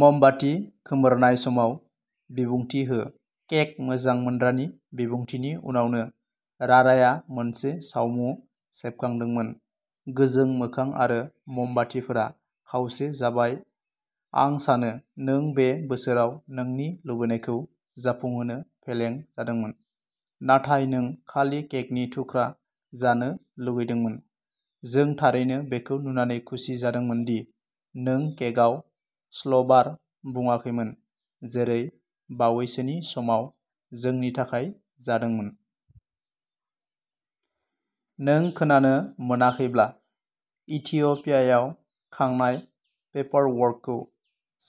मोमबाति खोमोरनाय समाव बिबुंथि हो केक मोजां मोनग्रानि बिबुंथिनि उनावनो राराया मोनसे सावमु सेबखांदोंमोन गोजों मोखां आरो ममबातिफोरा खावसे जाबाय आं सानो नों बे बोसोराव नोंनि लुबैनायखौ जाफुंहोनो फेलें जादोंमोन नाथाय नों खालि केकनि थुख्रा जानो लुगैदोंमोन जों थारैनो बेखौ नुनानै खुसि जादोंमोन दि नों केकआव स्लबार बुङाखैमोन जेरै बावैसोनि समाव जोंनि थाखाय जादोंमोन। नों खोनानो मोनाखैब्ला इथिय'पियायाव खांनाय पेपारवर्कखौ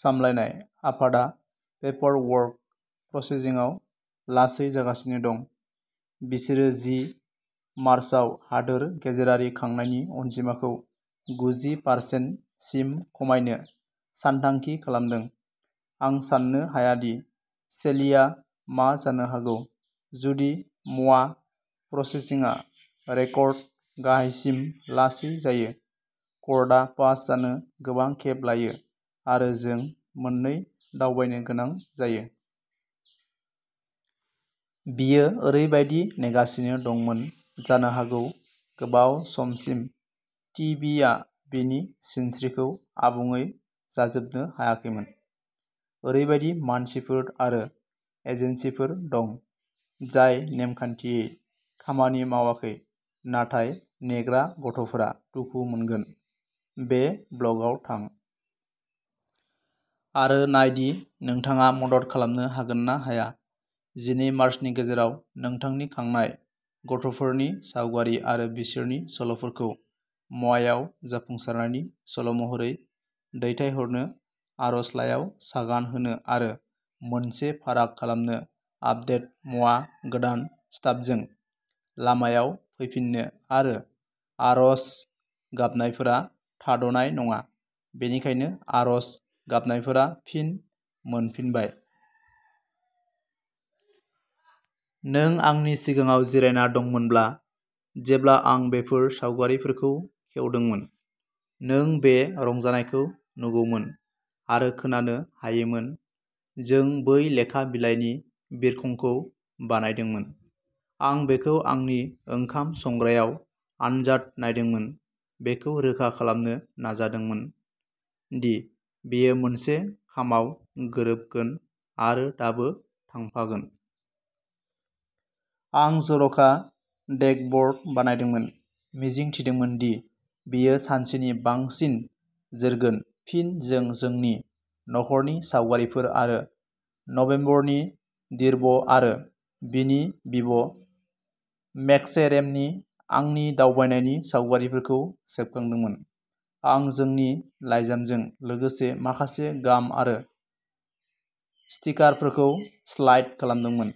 सामलायनाय आफादआ पेपारवर्क प्रसेसिंआव लासै जागासिनो दं। बिसोरो जि मार्चाव हादोर गेजेरारि खांनायनि अनजिमाखौ गुजि पार्सेन सिम खमायनो सानथांखि खालामदों आं सान्नो हाया दि सेलिआ मा जानो हागौ जुदि म'वा प्रसेसिंआ रेकर्ड गाहायसिम लासै जायो कर्टआ पास जानो गोबां खेब लायो आरो जों मोननै दावबायनो गोनां जायो। बियो ओरैबायदि नेगासिनो दंमोन जानो हागौ गोबाव समसिम टि बि आ बिनि सिनस्रिखौ आबुङै जाजोबनो हायाखैमोन। ओरैबायदि मानसिफोर आरो एजेन्सिफोर दं जाय नेमखान्थियै खामानि मावाखै नाथाय नेग्रा गथ'फोरा दुखु मोनगोन। बे ब्लगआव थां आरो नाय दि नोंथाङा मदद खालामनो हागोन ना हाया जिनै मार्चनि गेजेराव नोंथांनि खांनाय गथ'फोरनि सावगारि आरो बिसोरनि सल'फोरखौ म'वायाव जाफुंसारनायनि सल'महरै दैथायहरनो आर'जलाइयाव सागान होनो आरो मोनसे फाराग खालामनो आपदेट म'वा गोदान स्टाफजों लामायाव फैफिनो आरो आर'ज गाबनायफोरा थाद'नाय नङा बेनिखायनो आर'ज गाबनायफोरा फिन मोनफिनबाय! नों आंनि सिगाङाव जिरायना दंमोनब्ला जेब्ला आं बेफोर सावगारिफोरखौ खेवदोंमोन नों बे रंजानायखौ नुगौमोन आरो खोनानो हायोमोन जों बै लेखा बिलाइनि बिरखंखौ बानायदोंमोन आं बेखौ आंनि ओंखाम संग्रायाव आनजाद नायदोंमोन बेखौ रोखा खालामनो नाजादोंमोन दि बेयो मोनसे खामाव गोरोबगोन आरो दाबो थांफागोन। आं जर'खा टेगब'र्ड बायदोंमोन मिजिं थिदोंमोन दि बेयो सानसेनि बांसिन जोरगोन फिन जों जोंनि नखरनि सावगारिफोर आरो नभेम्बरनि दिर्बे आरो बिनि बिब'मेस्केरेमनि आंनि दावबायनायनि सावगारिफोरखौ सेबखांदोंमोन आं जोंनि लाइजामजों लोगोसे माखासे गाम आरो स्टिकारफोरखौ स्लाइड खालामदोंमोन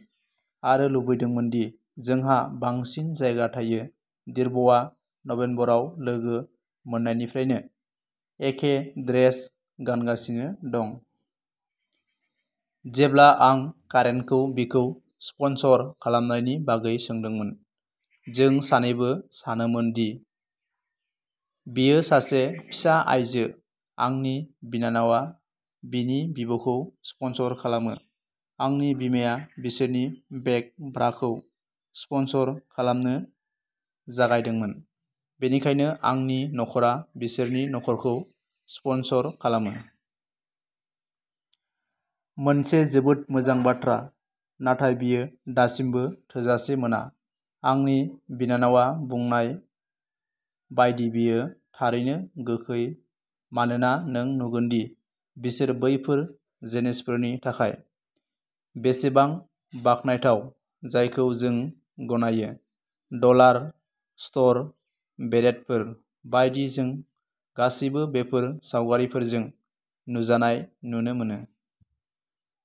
आरो लुबैदोंमोन दि जोंहा बांसिन जायगा थायो दिर्बेआ नबेम्बराव लोगो मोननायनिफ्रायनो एखे ड्रेस गानगासिनो दं। जेब्ला आं कारेनखौ बिखौ स्पन्सर खालामनायनि बागै सोंदोंमोन जों सानैबो सानोमोन दि बियो सासे फिसा आइजो आंनि बिनानावया बिनि बिब'खौ स्पन्सर खालामो आंनि बिमाया बिसोरनि बिग ब्राखौ स्पन्सर खालामनो जागायदोंमोन बेनिखायनो आंनि नखरा बिसोरनि नखरखौ स्पन्सर खालामो। मोनसे जोबोद मोजां बाथ्रा नाथाय बेयो दासिमबो थोजासे मोना आंनि बिनानावया बुंनाय बायदि बेयो थारैनो गोखै मानोना नों नुगोन दि बिसोर बैफोर जिनिसफोरनि थाखाय बेसेबां बाखनायथाव जायखौ जों गनायो डलार स्ट'र बेरेटफोर बायदि जों गासैबो बेफोर सावगारिफोरजों नुजानाय नुनो मोनो।